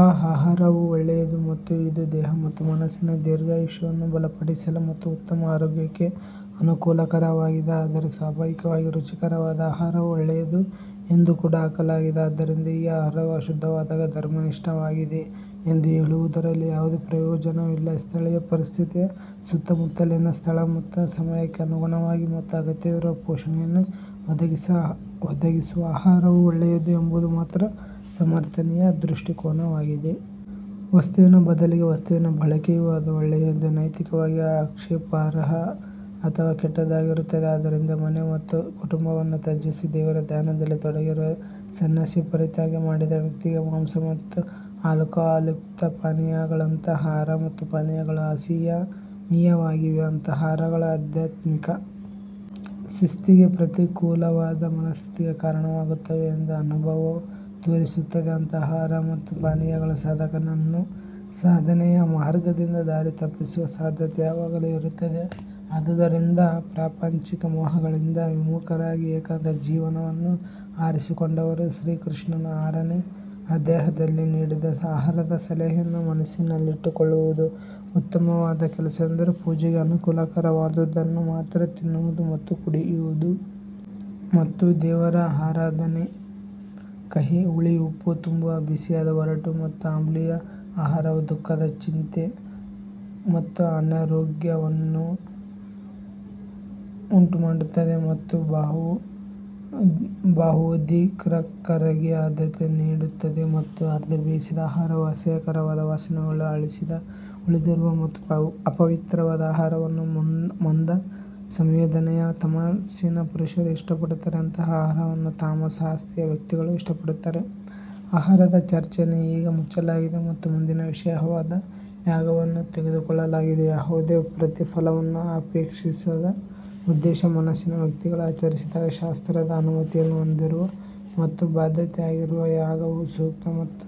ಆ ಆಹಾರವು ಒಳ್ಳೆಯದು ಮತ್ತು ಇದು ದೇಹ ಮತ್ತು ಮನಸ್ಸಿನ ದೀರ್ಘಾಯುಷ್ಯವನ್ನು ಬಲಪಡಿಸಲು ಮತ್ತು ಉತ್ತಮ ಆರೋಗ್ಯಕ್ಕೆ ಅನುಕೂಲಕರವಾಗಿದೆ ಆದರೆ ಸ್ವಾಭಾವಿಕವಾಗಿ ರುಚಿಕರವಾದ ಆಹಾರವು ಒಳ್ಳೆಯದು ಎಂದು ಕೂಡ ಹಾಕಲಾಗಿದೆ ಆದ್ದರಿಂದ ಈ ಆಹಾರವು ಅಶುದ್ಧವಾದಾಗ ಧರ್ಮನಿಷ್ಠವಾಗಿದೆ ಎಂದು ಹೇಳುವುದರಲ್ಲಿ ಯಾವುದೇ ಪ್ರಯೋಜನವಿಲ್ಲ ಸ್ಥಳೀಯ ಪರಿಸ್ಥಿತಿಯ ಸುತ್ತಮುತ್ತಲಿನ ಸ್ಥಳ ಮತ್ತು ಸಮಯಕ್ಕೆ ಅನುಗುಣವಾಗಿ ಮತ್ತು ಅಗತ್ಯವಿರುವ ಪೋಷಣೆಯನ್ನು ಒದಗಿಸುವ ಆಹಾರವು ಒಳ್ಳೆಯದು ಎಂಬುದು ಮಾತ್ರ ಸಮರ್ಥನೀಯ ದೃಷ್ಟಿಕೋನವಾಗಿದೆ. ವಸ್ತುವಿನ ಬದಲಿಗೆ ವಸ್ತುವಿನ ಬಳಕೆಯು ಅದು ಒಳ್ಳೆಯದು ನೈತಿಕವಾಗಿ ಆಕ್ಷೇಪಾರ್ಹ ಅಥವಾ ಕೆಟ್ಟದ್ದಾಗಿರುತ್ತದೆ ಆದ್ದರಿಂದ ಮನೆ ಮತ್ತು ಕುಟುಂಬವನ್ನು ತ್ಯಜಿಸಿ ದೇವರ ಧ್ಯಾನದಲ್ಲಿ ತೊಡಗಿರುವ ಸನ್ಯಾಸಿ ಪರಿತ್ಯಾಗ ಮಾಡಿದ ವ್ಯಕ್ತಿಗೆ ಮಾಂಸ ಮತ್ತು ಆಲ್ಕೊಹಾಲ್ಯುಕ್ತ ಪಾನೀಯಗಳಂತಹ ಆಹಾರ ಮತ್ತು ಪಾನೀಯಗಳು ಅಸಹನೀಯವಾಗಿವೆ. ಅಂತಹ ಆಹಾರಗಳು ಆಧ್ಯಾತ್ಮಿಕ ಶಿಸ್ತಿಗೆ ಪ್ರತಿಕೂಲವಾದ ಮನಸ್ಥಿತಿಗೆ ಕಾರಣವಾಗುತ್ತವೆ ಎಂದು ಅನುಭವವು ತೋರಿಸುತ್ತದೆ ಅಂತಹ ಆಹಾರ ಮತ್ತು ಪಾನೀಯಗಳು ಸಾಧಕನನ್ನು ಸಾಧನೆಯ ಮಾರ್ಗದಿಂದ ದಾರಿ ತಪ್ಪಿಸುವ ಸಾಧ್ಯತೆ ಯಾವಾಗಲೂ ಇರುತ್ತದೆ ಆದುದರಿಂದ ಪ್ರಾಪಂಚಿಕ ಮೋಹಗಳಿಂದ ವಿಮುಖರಾಗಿ ಏಕಾಂತ ಜೀವನವನ್ನು ಆರಿಸಿಕೊಂಡವರು ಶ್ರೀಕೃಷ್ಣನು ಆರನೇ ಅಧ್ಯಾಯದಲ್ಲಿ ನೀಡಿದ ಆಹಾರದ ಸಲಹೆಯನ್ನು ಮನಸ್ಸಿನಲ್ಲಿಟ್ಟುಕೊಳ್ಳುವುದು ಉತ್ತಮವಾದ ಕೆಲಸವೆಂದರೆ ಪೂಜೆಗೆ ಅನುಕೂಲಕರವಾದದ್ದನ್ನು ಮಾತ್ರ ತಿನ್ನುವುದು ಮತ್ತು ಕುಡಿಯುವುದು. ಮತ್ತು ದೇವರ ಆರಾಧನೆ ಕಹಿ ಹುಳಿ ಉಪ್ಪು ತುಂಬಾ ಬಿಸಿಯಾದ ಒರಟು ಮತ್ತು ಆಮ್ಲೀಯ ಆಹಾರವು ದುಃಖದ ಚಿಂತೆ ಮತ್ತು ಅನಾರೋಗ್ಯವನ್ನು ಉಂಟುಮಾಡುತ್ತದೆ ಮತ್ತು ಭಾವೋದ್ರಿಕ್ತರಿಗೆ ಆದ್ಯತೆ ನೀಡುತ್ತದೆ ಮತ್ತು ಅರ್ಧ ಬೇಯಿಸಿದ ಆಹಾರವು ಅಸಹ್ಯಕರವಾದ ವಾಸನೆಯುಳ್ಳ ಹಳಸಿದ ಉಳಿದಿರುವ ಮತ್ತು ಅಪವಿತ್ರವಾದ ಆಹಾರವನ್ನು ಮಂದ ಸಂವೇದನೆಯ ತಮಸ್ಸಿನ ಪುರುಷರು ಇಷ್ಟಪಡುತ್ತಾರೆ ಅಂತಹ ಆಹಾರವನ್ನು ತಾಮಸ ಆಸ್ತಿಯ ವ್ಯಕ್ತಿಗಳು ಇಷ್ಟಪಡುತ್ತಾರೆ ಆಹಾರದ ಚರ್ಚೆಯನ್ನು ಈಗ ಮುಚ್ಚಲಾಗಿದೆ ಮತ್ತು ಮುಂದಿನ ವಿಷಯವಾದ ಯಾಗವನ್ನು ತೆಗೆದುಕೊಳ್ಳಲಾಗಿದೆ ಯಾವುದೇ ಪ್ರತಿಫಲವನ್ನು ಅಪೇಕ್ಷಿಸದ ಉದ್ದೇಶ ಮನಸ್ಸಿನ ವ್ಯಕ್ತಿಗಳು ಆಚರಿಸಿದಾಗ ಶಾಸ್ತ್ರದ ಅನುಮತಿಯನ್ನು ಹೊಂದಿರುವ ಮತ್ತು ಬಾಧ್ಯತೆಯಾಗಿರುವ ಯಾಗವು ಸೂಕ್ತ ಮತ್ತು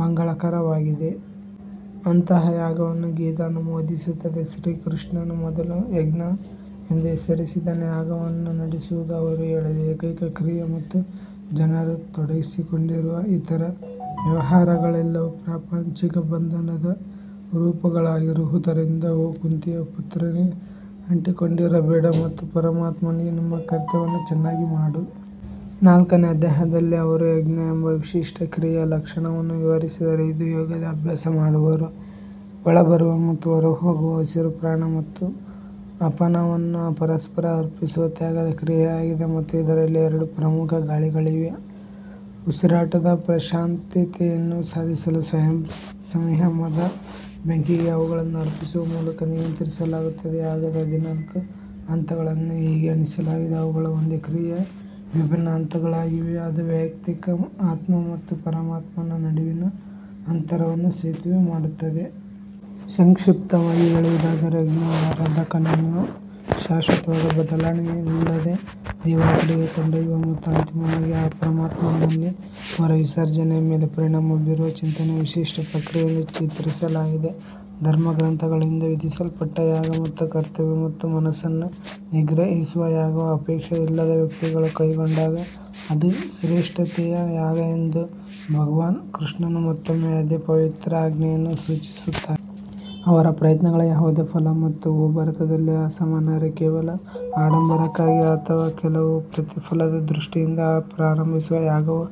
ಮಂಗಳಕರವಾಗಿದೆ. ಅಂತಹ ಯಾಗವನ್ನು ಗೀತಾ ಅನುಮೋದಿಸುತ್ತದೆ ಶ್ರೀಕೃಷ್ಣನು ಮೊದಲು ಯಜ್ಞ ಎಂದು ಹೆಸರಿಸಿದನು ಯಾಗವನ್ನು ನಡೆಸುವುದು ಅವರು ಹೇಳಿದ ಏಕೈಕ ಕ್ರಿಯೆ ಮತ್ತು ಜನರು ತೊಡಗಿಸಿಕೊಂಡಿರುವ ಇತರ ವ್ಯವಹಾರಗಳೆಲ್ಲವೂ ಪ್ರಾಪಂಚಿಕ ಬಂಧನದ ರೂಪಗಳಾಗಿರುವುದರಿಂದ ಓ ಕುಂತಿಯ ಪುತ್ರನೇ ಅಂಟಿಕೊಂಡಿರಬೇಡ ಮತ್ತು ಪರಮಾತ್ಮನಿಗೆ ನಿಮ್ಮ ಕರ್ತವ್ಯವನ್ನು ಚೆನ್ನಾಗಿ ಮಾಡು. ನಾಲ್ಕನೇ ಅಧ್ಯಾಯದಲ್ಲಿ ಅವರು ಯಜ್ಞ ಎಂಬ ವಿಶಿಷ್ಟ ಕ್ರಿಯೆಯ ಲಕ್ಷಣವನ್ನು ವಿವರಿಸಿದರು ಇದು ಯೋಗದ ಅಭ್ಯಾಸ ಮಾಡುವವರು ಒಳಬರುವ ಮತ್ತು ಹೊರಹೋಗುವ ಉಸಿರು ಪ್ರಾಣ ಮತ್ತು ಅಪನವನ್ನು ಪರಸ್ಪರ ಅರ್ಪಿಸುವ ತ್ಯಾಗದ ಕ್ರಿಯೆಯಾಗಿದೆ ಮತ್ತು ಇದರಲ್ಲಿ ಎರಡು ಪ್ರಮುಖ ಗಾಳಿಗಳಿವೆ. ಉಸಿರಾಟದ ಪ್ರಶಾಂತತೆಯನ್ನು ಸಾಧಿಸಲು ಸ್ವಯಂ ಸಂಯಮದ ಬೆಂಕಿಗೆ ಅವುಗಳನ್ನು ಅರ್ಪಿಸುವ ಮೂಲಕ ನಿಯಂತ್ರಿಸಲಾಗುತ್ತದೆ ಯಾಗದ ಹದಿನಾಲ್ಕು ಹಂತಗಳನ್ನು ಹೀಗೆ ಎಣಿಸಲಾಗಿದೆ ಅವುಗಳು ಒಂದೇ ಕ್ರಿಯೆಯ ವಿಭಿನ್ನ ಹಂತಗಳಾಗಿವೆ ಅದು ವೈಯಕ್ತಿಕ ಆತ್ಮ ಮತ್ತು ಪರಮಾತ್ಮನ ನಡುವಿನ ಅಂತರವನ್ನು ಸೇತುವೆ ಮಾಡುತ್ತದೆ. ಸಂಕ್ಷಿಪ್ತವಾಗಿ ಹೇಳುವುದಾದರೆ ಯಜ್ಞವು ಆರಾಧಕನನ್ನು ಶಾಶ್ವತವಾದ ಬದಲಾವಣೆಯಿಲ್ಲದ ದೇವರ ಕಡೆಗೆ ಕೊಂಡೊಯ್ಯುವ ಮತ್ತು ಅಂತಿಮವಾಗಿ ಆ ಪರಮಾತ್ಮನಲ್ಲಿ ಅವನ ವಿಸರ್ಜನೆಯ ಮೇಲೆ ಪರಿಣಾಮ ಬೀರುವ ಚಿಂತನೆಯ ವಿಶಿಷ್ಟ ಪ್ರಕ್ರಿಯೆ ಎಂದು ಚಿತ್ರಿಸಲಾಗಿದೆ. ಧರ್ಮಗ್ರಂಥಗಳಿಂದ ವಿಧಿಸಲ್ಪಟ್ಟ ಯಾಗ ಮತ್ತು ಕರ್ತವ್ಯ ಮತ್ತು ಮನಸ್ಸನ್ನು ನಿಗ್ರಹಿಸುವ ಯಾಗವು ಅಪೇಕ್ಷೆಯಿಲ್ಲದ ವ್ಯಕ್ತಿಗಳು ಕೈಗೊಂಡಾಗ ಅದು ಶ್ರೇಷ್ಠತೆಯ ಯಾಗ ಎಂದು ಭಗವಾನ್ ಕೃಷ್ಣನು ಮತ್ತೊಮ್ಮೆ ಅದೇ ಪವಿತ್ರ ಆಜ್ಞೆಯನ್ನು ಸೂಚಿಸುತ್ತಾನೆ. ಅವರ ಪ್ರಯತ್ನಗಳ ಯಾವುದೇ ಫಲ ಮತ್ತು ಓ ಭರತದಲ್ಲಿ ಅಸಮಾನರೇ ಕೇವಲ ಆಡಂಬರಕ್ಕಾಗಿ ಅಥವಾ ಕೆಲವು ಪ್ರತಿಫಲದ ದೃಷ್ಟಿಯಿಂದ ಪ್ರಾರಂಭಿಸುವ ಯಾಗವು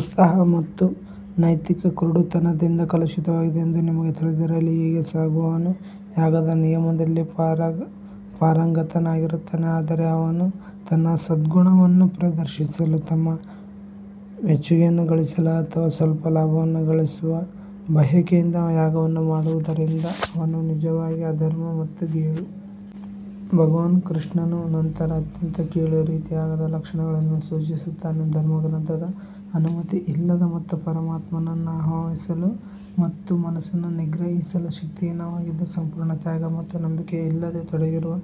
ಉತ್ಸಾಹ ಮತ್ತು ನೈತಿಕ ಕುರುಡುತನದಿಂದ ಕಲುಷಿತವಾಗಿದೆ ಎಂದು ನಿಮಗೆ ತಿಳಿದಿರಲಿ. ಹೀಗೆ ಸಾಗುವವನು ಯಾಗದ ನಿಯಮದಲ್ಲಿ ಪಾರಂಗತನಾಗಿರುತ್ತಾನೆ ಆದರೆ ಅವನು ತನ್ನ ಸದ್ಗುಣವನ್ನು ಪ್ರದರ್ಶಿಸಲು ಮತ್ತು ಮೆಚ್ಚುಗೆಯನ್ನು ಗಳಿಸಲು ಅಥವಾ ಸ್ವಲ್ಪ ಲಾಭವನ್ನು ಗಳಿಸುವ ಬಯಕೆಯಿಂದ ಯಾಗವನ್ನು ಮಾಡುವುದರಿಂದ ಅವನು ನಿಜವಾಗಿ ಅಧರ್ಮ ಮತ್ತು ಗೀಳು. ಭಗವಾನ್ ಕೃಷ್ಣನು ನಂತರ ಅತ್ಯಂತ ಕೀಳು ರೀತಿಯ ಯಾಗದ ಲಕ್ಷಣಗಳನ್ನು ಸೂಚಿಸುತ್ತಾನೆ ಧರ್ಮಗ್ರಂಥದ ಅನುಮತಿಯಿಲ್ಲದ ಮತ್ತು ಪರಮಾತ್ಮನನ್ನು ಆವಾಹಿಸಲು ಮತ್ತು ಮನಸ್ಸನ್ನು ನಿಗ್ರಹಿಸಲು ಶಕ್ತಿಹೀನವಾಗಿದ್ದು ಸಂಪೂರ್ಣ ತ್ಯಾಗ ಮತ್ತು ನಂಬಿಕೆಯಿಲ್ಲದೆ ತೊಡಗಿರುವ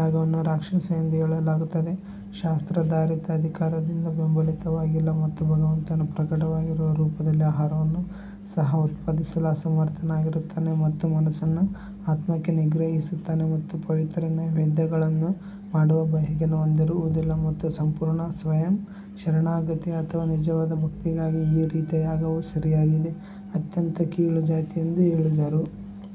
ಯಾಗವನ್ನು ರಾಕ್ಷಸ ಎಂದು ಹೇಳಲಾಗುತ್ತದೆ. ಶಾಸ್ತ್ರಾಧಾರಿತ ಅಧಿಕಾರದಿಂದ ಬೆಂಬಲಿತವಾಗಿಲ್ಲ ಮತ್ತು ಭಗವಂತನು ಪ್ರಕಟವಾಗಿರುವ ರೂಪದಲ್ಲಿ ಆಹಾರವನ್ನು ಸಹ ಉತ್ಪಾದಿಸಲು ಅಸಮರ್ಥನಾಗಿರುತ್ತಾನೆ ಮತ್ತು ಮನಸ್ಸನ್ನು ಆತ್ಮಕ್ಕೆ ನಿಗ್ರಹಿಸುತ್ತಾನೆ ಮತ್ತು ಪವಿತ್ರ ನೈವೇದ್ಯಗಳನ್ನು ಮಾಡುವ ಬಯಕೆಯನ್ನು ಹೊಂದಿರುವುದಿಲ್ಲ ಮತ್ತು ಸಂಪೂರ್ಣ ಸ್ವಯಂ ಶರಣಾಗತಿ ಅಥವಾ ನಿಜವಾದ ಭಕ್ತಿಗಾಗಿ ಈ ರೀತಿಯ ಯಾಗವು ಸರಿಯಾಗಿದೆ. ಅತ್ಯಂತ ಕೀಳು ಜಾತಿ ಎಂದು ಹೇಳಿದರು.